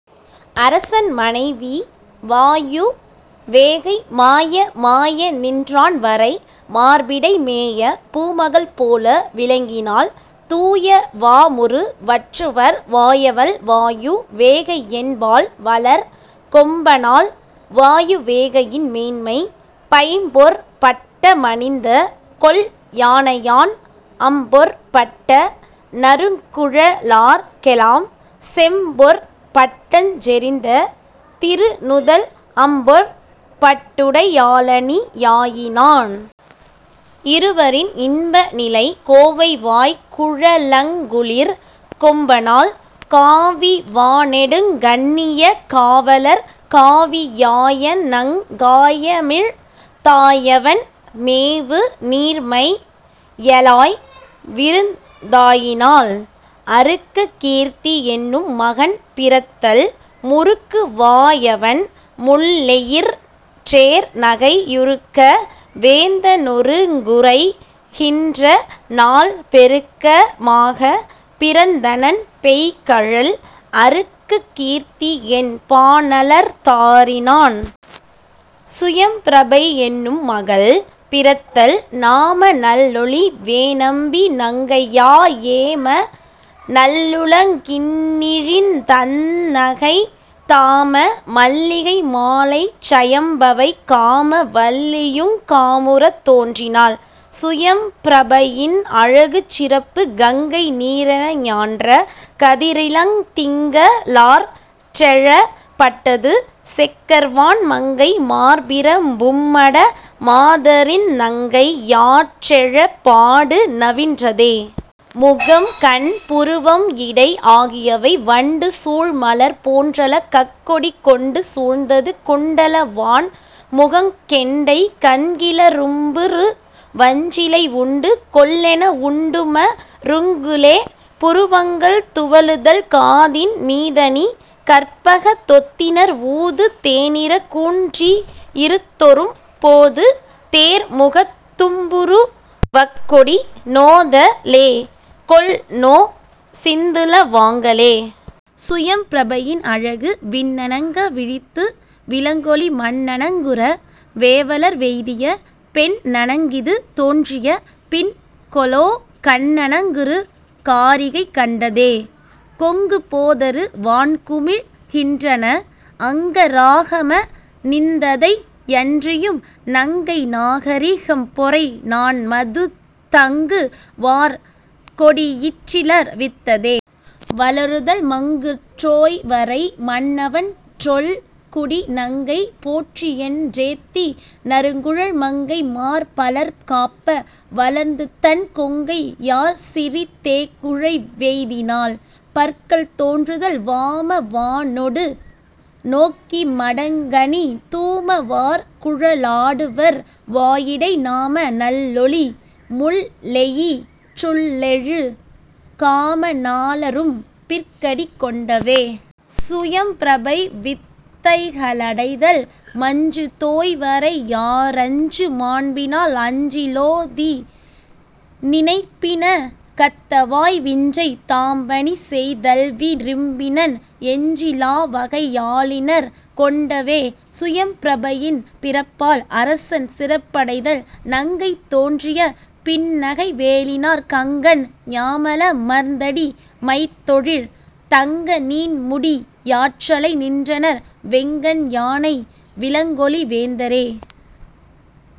அரசன் மனைவி வாயுவேகை மாய மாயநின் றான்வரை மார்பிடை மேய பூமகள் போல விளங்கினாள் தூய வாமுறு வற்றுவர் வாயவள் வாயு வேகையென் பாள்வளர் கொம்பனாள். வாயுவேகையின் மேன்மை பைம்பொற் பட்ட மணிந்த கொல் யானையான் அம்பொற் பட்ட நறுங்குழ லார்க்கெலாம் செம்பொற் பட்டஞ் செறிந்த திருநுதல் அம்பொற் பட்டுடை யாளணி யாயினான். இருவரின் இன்பநிலை கோவை வாய்குழ லங்குளிர் கொம்பனாள் காவி வாணெடுங் கண்ணியக் காவலற் காவி யாயணங் காயமிழ் தாயவன் மேவு நீர்மைய ளாய்விருந் தாயினாள். அருக்ககீர்த்தி என்னும் மகன் பிறத்தல் முருக்கு வாயவண் முள்ளெயிற் றேர்நகை யுருக்க வேந்த னொருங்குறை கின்றநாள் பெருக்க மாகப் பிறந்தனன் பெய்கழல் அருக்க கீர்த்தி யென் பானலர் தாரினான். சுயம்பிரபை என்னும் மகள் பிறத்தல் நாம நள்லொளி வேனம்பி நங்கையா யேம நல்லுல கின்னிழிந் தந்நகைத் தாம மல்லிகை மாலைச் சயம்பவை காம வல்லியுங் காமுறத் தோன்றினாள். சுயம்பிரபையின் அழகுச் சிறப்பு கங்கை நீரன ஞான்ற கதிரிளந் திங்க ளாற்றெழப் பட்டது செக்கர்வான் மங்கை மார்பிறப் பும்மட மாதரிந் நங்கை யாற்றெழப் பாடு நவின்றதே. முகம், கண், புருவம், இடை ஆகியவை வண்டு சூழ்மலர் போன்றள கக்கொடி கொண்டு சூழ்ந்தது குண்டல வாண்முகங் கெண்டை கண்கிள ரும்புரு வஞ்சிலை உண்டு கொல்லென வுண்டும ருங்குலே. புருவங்கள் துவளுதல் காதின் மீதணி கற்பகத் தொத்திணர் ஊது தேனிற கூன்றியி ருத்தொறும் போது தேர்முகத் தும்புரு வக்கொடி நோத லேகொல்நொ சிந்துள வாங்களே. சுயம்பிரபையின் அழகு விண்ண ணங்க விழித்துவி ளங்கொளி மண்ண ணங்குற வேவளர் வெய்திய பெண்ண ணங்கிது தோன்றிய பின்கொலோ கன்ன ணங்குறு காரிகை கண்டதே. கொங்கு போதரு வான்குமிழ் கின்றன அங்க ராகம ணிந்ததை யன்றியும் நங்கை நாகரி கம்பொறை நாண்மதுத் தங்கு வார்கொடி யிற்றளர் வித்ததே. வளருதல் மங்கு றோய்வரை மன்னவன் றொல்குடி நங்கை போற்றியென் றேத்தி நறுங்குழல் மங்கை மார்பலர் காப்ப வளர்ந்துதன் கொங்கை யாற்சிறி தேகுழை வெய்தினாள். பற்கள் தோன்றுதல் வாம வாணொடு நோக்கிம டங்கனி தூம வார்குழ லாடுவர் வாயிடை நாம நள்லொளி முள்ளெயி றுள்ளெழு காம னாளரும் பிற்கடி கொண்டவே. சுயம்பிரபை வித்தைகளடைதல் மஞ்சு தோய்வரை யாரஞ்சு மாண்பினால் அஞ்சி லோதிநி னைப்பின கத்தவாய் விஞ்சை தாம்பணி செய்தல்வி ரும்பினன் எஞ்சி லாவகை யாலிணர் கொண்டவே. சுயம்பிரபையின் பிறப்பால் அரசன் சிறப்படைதல் நங்கை தோன்றிய பின்னகை வேலினாற் கங்கண் ஞாமல மர்ந்தடி மைத்தொழில் தங்க நீண்முடி யாற்றலை நின்றனர் வெங்கண் யானைவி ளங்கொளி வேந்தரே.